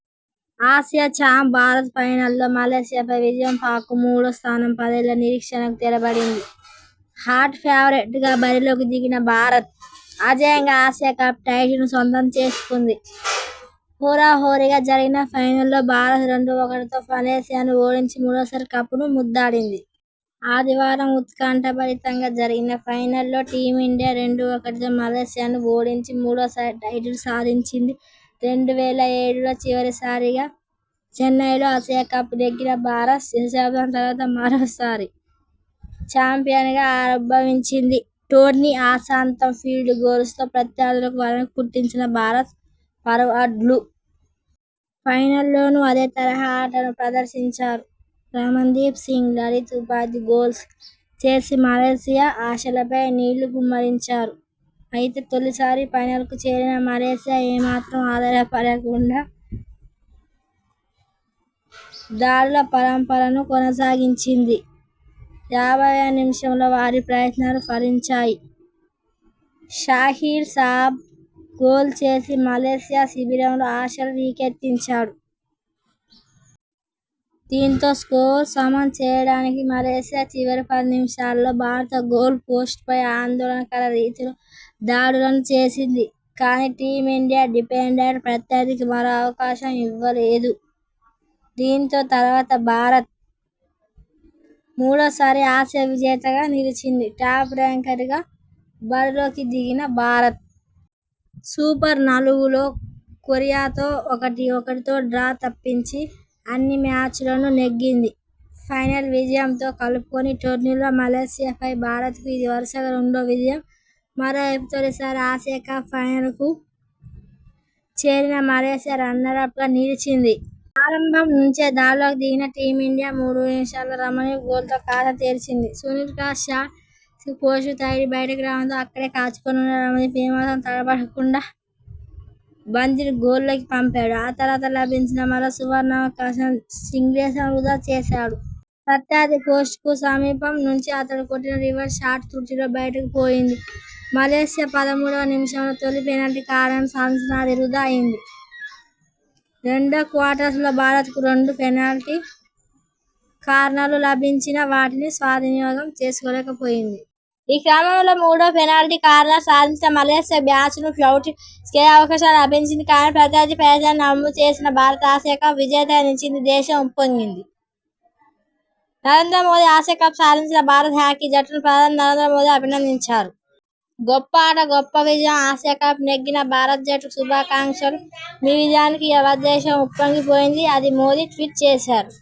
Asia champ Bharat ఫైనల్లో మలేసియాపై విజయం పాక్కు మూడో స్థానం పదేళ్ల నిరీక్షణకు తెరపడింది. హాట్ ఫేవరెట్ గా బరిలోకి దిగిన భారత్. అజేయంగా ఆసియా కప్ టైటిల్ ను సొంతం చేసుకుంది. హోరాహోరీగా జరిగిన ఫైనల్ లో భారత్ రెండు ఒకటితో మలేసియాను ఓడించి మూడోసారి కప్ ను ముద్దాడింది. ఆదివారం ఉత్కంఠభరితంగా జరిగిన ఫైనల్ లో టీం ఇండియా రెండు ఒకటితో మలేసియాను ఓడించి మూడోసారి టైటిల్ సాధించింది. రెండు వేల ఏడులో చివరిసారిగా చెన్నైలో ఆసియా కప్ నెగ్గిన భారత్. దశాబ్దం తర్వాత మరో సారి చాంపియన్ గా ఆవిర్భవించింది. టోర్నీ ఆసాంతం ఫీల్డ్ గోల్స్ తో ప్రత్య ర్థులకు వణకు పుట్టించిన భారత ఫార్వర్డ్లు. ఫైనల్లోనూ అదే తరహా ఆటను ప్రదర్శించారు. రమణ్దీప్ సింగ్, లలిత్ ఉపాధ్యాయ్ గోల్స్ చేసి మలేసియా ఆశలపై నీళ్లు కుమ్మరించారు. అయితే తొలిసారి ఫైనల్కు చేరిన మలేసియా ఏమాత్రం అధైర్యపడకుండా దాడుల పరంపరను కొనసాగించింది. యాభైవ నిమిషంలో వారి ప్రయత్నాలు ఫలించాయి. షహ్రీల్ సాబా గోల్ చేసి మలేసియా శిబిరంలో ఆశలు రేకెత్తించాడు. దీంతో స్కోరు సమం చేయడానికి మలేసియా చివరి పది నిమిషాల్లో భారత గోల్ పోస్ట్ పై ఆందోళనకర రీతిలో దాడులను చేసింది. కానీ, టీం ఇండియా డిఫెండర్లు ప్రత్యర్థికి మరో అవకాశం ఇవ్వలేదు. దీంతో, తర్వాత భారత్ మూడోసారి ఆసియా విజేతగా నిలిచింది. టాప్ ర్యాంకర్ గా బరిలోకి దిగిన భారత్. సూపర్ నాలుగులో కొరియాతో ఒకటి ఒకటితో డ్రా తప్పించి అన్ని మ్యాచ్ల్లోనూ నెగ్గింది. ఫైనల్ విజయంతో కలుపుకుని టోర్నీలో మలేసియా పై భారత్ కు ఇది వరుసగా రెండో విజయం. మరో వైపు తొలిసారి ఆసియా కప్ ఫైనల్ కు చేరిన మలేసియా రన్నరప్ గా నిలిచింది. ఆరంభం నుంచే దాడులకు దిగిన టీం ఇండియా మూడువ నిమిషంలో రమణ్దీప్ గోల్ తో ఖాతా తెరిచింది. సునీల్ క్రాస్ షాట్ మలేసియా పోస్టుకు తగిలి బయటకు రావడంతో అక్కడే కాచుకుని ఉన్న రమణ్దీప్ ఏమాత్రం తడబడకుండా బంతిని గోల్లోకి పంపాడు. ఆ తర్వాత లభించిన మరో సువర్ణావకాశాన్ని చింగ్లేసనా వృథా చేశాడు. ప్రత్యర్థి పోస్టుకు సమీపం నుంచి అతడు కొట్టిన రివర్స్ షాట్ త్రుటిలో బయటకు పోయింది. మలేసియా పదమూడువ నిమిషంలో తొలి పెనాల్టీ కార్నర్ ను సాధించినా అది వృథా అయింది. రెండో క్వార్టర్స్ లో భారత్ కు రెండు పెనాల్టీ కార్నర్ లు లభించినా వాటిని సద్వినియోగం చేసుకోలేక పోయింది. ఈ క్రమంలో మూడో పెనాల్టీ కార్నర్ సాధించిన మలేసియాకు మ్యాచ్ ను షూటౌట్ కు తీసుకెళ్లే అవకాశం లభించింది. కానీ, ప్రత్యర్థి ప్రయత్నాన్ని వమ్ము చేసిన భారత్ ఆసియా కప్ విజేతగా నిలిచింది. దేశం ఉప్పొంగింది.. నరేంద్ర మోదీ ఆసియా కప్ సాధించిన భారత హాకీ జట్టును ప్రధాని నరేంద్ర మోదీ అభినందించారు. 'గొప్ప ఆట గొప్ప విజయం. ఆసియా కప్ నెగ్గిన భారత జట్టుకు శుభాకాంక్షలు. మీ విజయానికి యావద్దేశం ఉప్పొంగి పోయింది' అని మోదీ ట్వీట్ చేశారు.